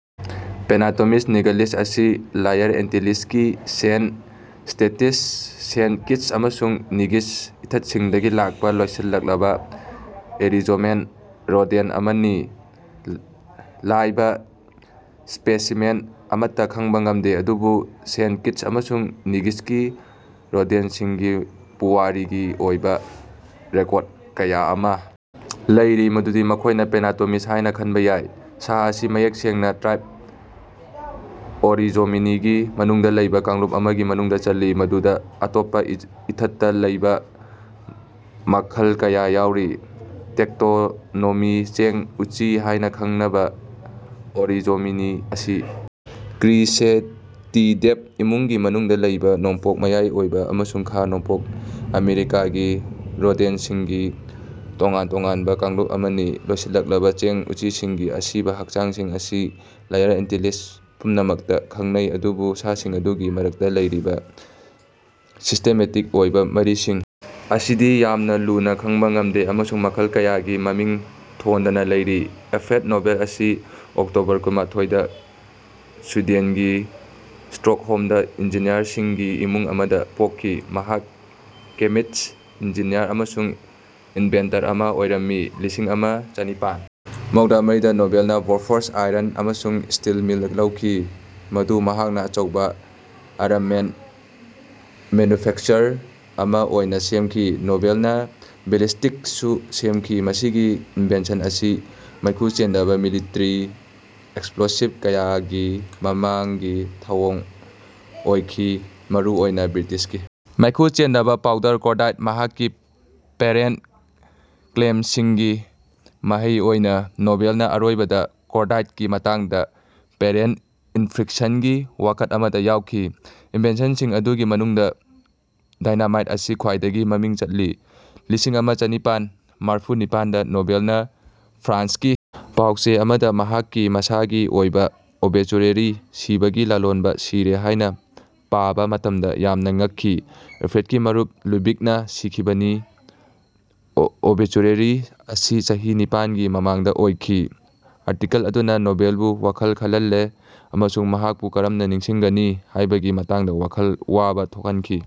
ꯄꯦꯅꯥꯇꯣꯃꯤꯁ ꯅꯤꯚꯥꯂꯤꯁ ꯑꯁꯤ ꯂꯦꯁꯔ ꯑꯦꯟꯇꯤꯂꯤꯁꯀꯤ ꯁꯤꯟꯠ ꯏꯎꯁ꯭ꯇꯦꯇꯤꯁ ꯁꯦꯟꯠ ꯀꯤꯠꯁ ꯑꯃꯁꯨꯡ ꯅꯦꯚꯤꯁ ꯏꯊꯠꯁꯤꯡꯗꯒꯤ ꯂꯥꯛꯄ ꯂꯣꯏꯁꯤꯜꯂꯛꯂꯕ ꯑꯣꯔꯤꯖꯣꯃꯥꯏꯟ ꯔꯣꯗꯦꯟꯠ ꯑꯃꯅꯤ꯫ ꯂꯥꯏꯕ ꯁ꯭ꯄꯦꯁꯤꯃꯦꯟ ꯑꯃꯠꯇ ꯈꯪꯕ ꯉꯝꯗꯦ ꯑꯗꯨꯕꯨ ꯁꯦꯟꯠ ꯀꯤꯠꯁ ꯑꯃꯁꯨꯡ ꯅꯦꯚꯤꯁꯀꯤ ꯔꯣꯗꯦꯟꯠꯁꯤꯡꯒꯤ ꯄꯨꯋꯥꯔꯤꯒꯤ ꯑꯣꯏꯕ ꯔꯦꯀꯣꯔꯗ ꯀꯌꯥ ꯑꯃꯥ ꯂꯩꯔꯤ ꯃꯗꯨꯗꯤ ꯃꯈꯣꯏꯅ ꯄꯦꯅꯥꯇꯣꯃꯤꯁ ꯍꯥꯏꯅ ꯈꯟꯕ ꯌꯥꯏ꯫ ꯁꯥ ꯑꯁꯤ ꯃꯌꯦꯛ ꯁꯦꯡꯅ ꯇ꯭ꯔꯥꯏꯕ ꯑꯣꯔꯤꯖꯣꯃꯤꯅꯤꯒꯤ ꯃꯅꯨꯡꯗ ꯂꯩꯕ ꯀꯥꯡꯂꯨꯞ ꯑꯃꯒꯤ ꯃꯅꯨꯡ ꯆꯜꯂꯤ ꯃꯗꯨꯗꯥ ꯑꯇꯣꯞꯄ ꯏꯊꯠꯇ ꯂꯩꯕ ꯃꯈꯜ ꯀꯌꯥ ꯌꯥꯎꯔꯤ꯫ ꯇꯦꯛꯁꯣꯅꯣꯃꯤ ꯆꯦꯡ ꯎꯆꯤ ꯍꯥꯏꯅ ꯈꯪꯅꯕ ꯑꯣꯔꯤꯖꯣꯃꯤꯅꯤ ꯑꯁꯤ ꯀ꯭ꯔꯤꯁꯦꯇꯤꯗꯦꯗ ꯏꯃꯨꯡꯒꯤ ꯃꯅꯨꯡꯗꯥ ꯂꯩꯕ ꯅꯣꯡꯄꯣꯛ ꯃꯌꯥꯏꯑꯣꯏꯕ ꯑꯃꯁꯨꯡ ꯈꯥ ꯅꯣꯡꯄꯣꯛ ꯑꯥꯃꯦꯔꯤꯀꯥꯒꯤ ꯔꯣꯗꯦꯟꯠꯁꯤꯡꯒꯤ ꯇꯣꯉꯥꯟ ꯇꯣꯉꯥꯟꯕ ꯀꯥꯡꯂꯨꯞ ꯑꯃꯅꯤ꯫ ꯂꯣꯏꯁꯤꯜꯂꯛꯂꯕ ꯆꯦꯡ ꯎꯆꯤꯁꯤꯡꯒꯤ ꯑꯁꯤꯕ ꯍꯛꯆꯥꯡꯁꯤꯡ ꯑꯁꯤ ꯂꯦꯁꯔ ꯑꯦꯟꯇꯤꯂꯤꯁ ꯄꯨꯝꯅꯃꯛꯇ ꯈꯪꯅꯩ ꯑꯗꯨꯕꯨ ꯁꯥꯁꯤꯡ ꯑꯗꯨꯒꯤ ꯃꯔꯛꯇ ꯂꯩꯔꯤꯕ ꯁꯤꯁꯇꯦꯃꯦꯇꯤꯛ ꯑꯣꯏꯕ ꯃꯔꯤꯁꯤꯡ ꯑꯁꯤꯗꯤ ꯌꯥꯝꯅ ꯂꯨꯅꯥ ꯈꯪꯕ ꯉꯝꯗꯦ ꯑꯃꯁꯨꯡ ꯃꯈꯜ ꯀꯌꯥꯒꯤ ꯃꯃꯤꯡ ꯊꯣꯟꯗꯅ ꯂꯩꯔꯤ꯫ ꯑꯜꯐ꯭ꯔꯦꯗ ꯅꯣꯕꯦꯜ ꯑꯁꯤ ꯑꯣꯛꯇꯣꯕꯔ ꯀꯨꯟꯃꯥꯊꯣꯏ ꯗꯥ ꯁ꯭ꯋꯤꯗꯦꯟꯒꯤ ꯁ꯭ꯇꯣꯛꯍꯣꯝꯗꯥ ꯏꯟꯖꯤꯅꯤꯌꯔꯁꯤꯡꯒꯤ ꯏꯃꯨꯡ ꯑꯃꯗꯥ ꯄꯣꯛꯈꯤ꯫ ꯃꯍꯥꯛ ꯀꯦꯃꯤꯁ꯭ꯠ ꯏꯟꯖꯤꯅꯤꯌꯔ ꯑꯃꯁꯨꯡ ꯏꯅꯚꯦꯟꯇꯔ ꯑꯃꯥ ꯑꯣꯏꯔꯝꯃꯤ꯫ ꯂꯤꯁꯤꯡ ꯑꯃ ꯆꯅꯤꯄꯥꯟ ꯃꯧꯗ꯭ꯔꯥ ꯃꯔꯤꯗ ꯅꯣꯕꯦꯜꯅꯥ ꯕꯣꯐꯣꯔꯁ ꯑꯥꯏꯔꯟ ꯑꯃꯁꯨꯡ ꯁ꯭ꯇꯤꯜ ꯃꯤꯜ ꯂꯧꯈꯤ ꯃꯗꯨ ꯃꯍꯥꯛꯅꯥ ꯑꯆꯧꯕꯥ ꯑꯥꯔꯝꯃꯦꯟꯠ ꯃꯦꯟꯅ꯭ꯌꯨꯐꯦꯛꯆꯔꯔ ꯑꯃꯥ ꯑꯣꯏꯅꯥ ꯁꯦꯝꯈꯤ꯫ ꯅꯣꯕꯦꯜꯅꯥ ꯕꯦꯂꯤꯁꯇꯤꯠꯁꯨ ꯁꯦꯝꯈꯤ꯫ ꯃꯁꯤꯒꯤ ꯏꯟꯚꯦꯟꯁꯟ ꯑꯁꯤ ꯃꯩꯈꯨ ꯆꯦꯟꯗꯕꯥ ꯃꯤꯂꯤꯇꯔꯤ ꯑꯦꯛꯁꯄ꯭ꯂꯣꯁꯤꯚ ꯀꯌꯥꯒꯤ ꯃꯃꯥꯡꯒꯤ ꯊꯧꯑꯣꯡ ꯑꯣꯏꯈꯤ ꯃꯔꯨꯑꯣꯏꯅꯥ ꯕ꯭ꯔꯤꯇꯤꯁꯀꯤ ꯃꯩꯈꯨ ꯆꯦꯟꯗꯕꯥ ꯄꯥꯎꯗꯔ ꯀꯣꯔꯗꯥꯏꯠ꯫ ꯃꯍꯥꯛꯀꯤ ꯄꯦꯇꯦꯟꯠ ꯀ꯭ꯂꯦꯝꯁꯤꯡꯒꯤ ꯃꯍꯩ ꯑꯣꯏꯅꯥ ꯅꯣꯕꯦꯜꯅꯥ ꯑꯔꯣꯏꯕꯗꯥ ꯀꯣꯔꯗꯥꯏꯠꯀꯤ ꯃꯇꯥꯡꯗꯥ ꯄꯦꯇꯦꯟꯠ ꯏꯟꯐ꯭ꯔꯤꯛꯁꯟꯒꯤ ꯋꯥꯀꯠ ꯑꯃꯗꯥ ꯌꯥꯎꯈꯤ꯫ ꯏꯟꯚꯦꯟꯁꯟꯁꯤꯡ ꯃꯗꯨꯒꯤ ꯃꯅꯨꯡꯗꯥ ꯗꯥꯏꯅꯥꯃꯥꯏꯠ ꯑꯁꯤ ꯈ꯭ꯋꯥꯏꯗꯒꯤ ꯃꯃꯤꯡ ꯆꯠꯂꯤ꯫ ꯂꯤꯁꯤꯡ ꯑꯃ ꯆꯅꯤꯄꯥꯟ ꯃꯔꯐꯨ ꯅꯤꯄꯥꯟꯗ ꯅꯣꯕꯦꯜꯅꯥ ꯐ꯭ꯔꯥꯟꯁꯀꯤ ꯄꯥꯎ ꯆꯦ ꯑꯃꯗꯥ ꯃꯍꯥꯛꯀꯤ ꯃꯁꯥꯒꯤ ꯑꯣꯏꯕꯥ ꯑꯣꯕꯤꯆꯨꯌꯦꯔꯤ ꯁꯤꯕꯒꯤ ꯂꯂꯣꯟꯕꯥ ꯁꯤꯔꯦ ꯍꯥꯏꯅꯥ ꯄꯥꯕꯥ ꯃꯇꯝꯗꯥ ꯌꯥꯝꯅꯥ ꯉꯛꯈꯤ꯫ ꯑꯜꯐ꯭ꯔꯦꯗꯀꯤ ꯃꯔꯨꯞ ꯂꯨꯗꯚꯤꯒꯅꯥ ꯁꯤꯈꯤꯕꯅꯤ ꯑꯣꯕꯤꯆꯨꯑꯦꯔꯤ ꯑꯁꯤ ꯆꯍꯤ ꯅꯤꯄꯥꯟꯒꯤ ꯃꯃꯥꯡꯗꯥ ꯑꯣꯏꯈꯤ꯫ ꯑꯥꯔꯇꯤꯀꯜ ꯑꯗꯨꯅꯥ ꯅꯣꯕꯦꯜꯕꯨ ꯋꯥꯈꯜ ꯋꯥꯍꯜꯂꯦ ꯑꯃꯁꯨꯡ ꯃꯍꯥꯛꯄꯨ ꯀꯔꯝꯅꯥ ꯅꯤꯡꯁꯤꯡꯒꯅꯤ ꯍꯥꯏꯕꯒꯤ ꯃꯇꯥꯡꯗꯥ ꯋꯥꯈꯜ ꯋꯥꯕꯥ ꯊꯣꯛꯍꯟꯈꯤ꯫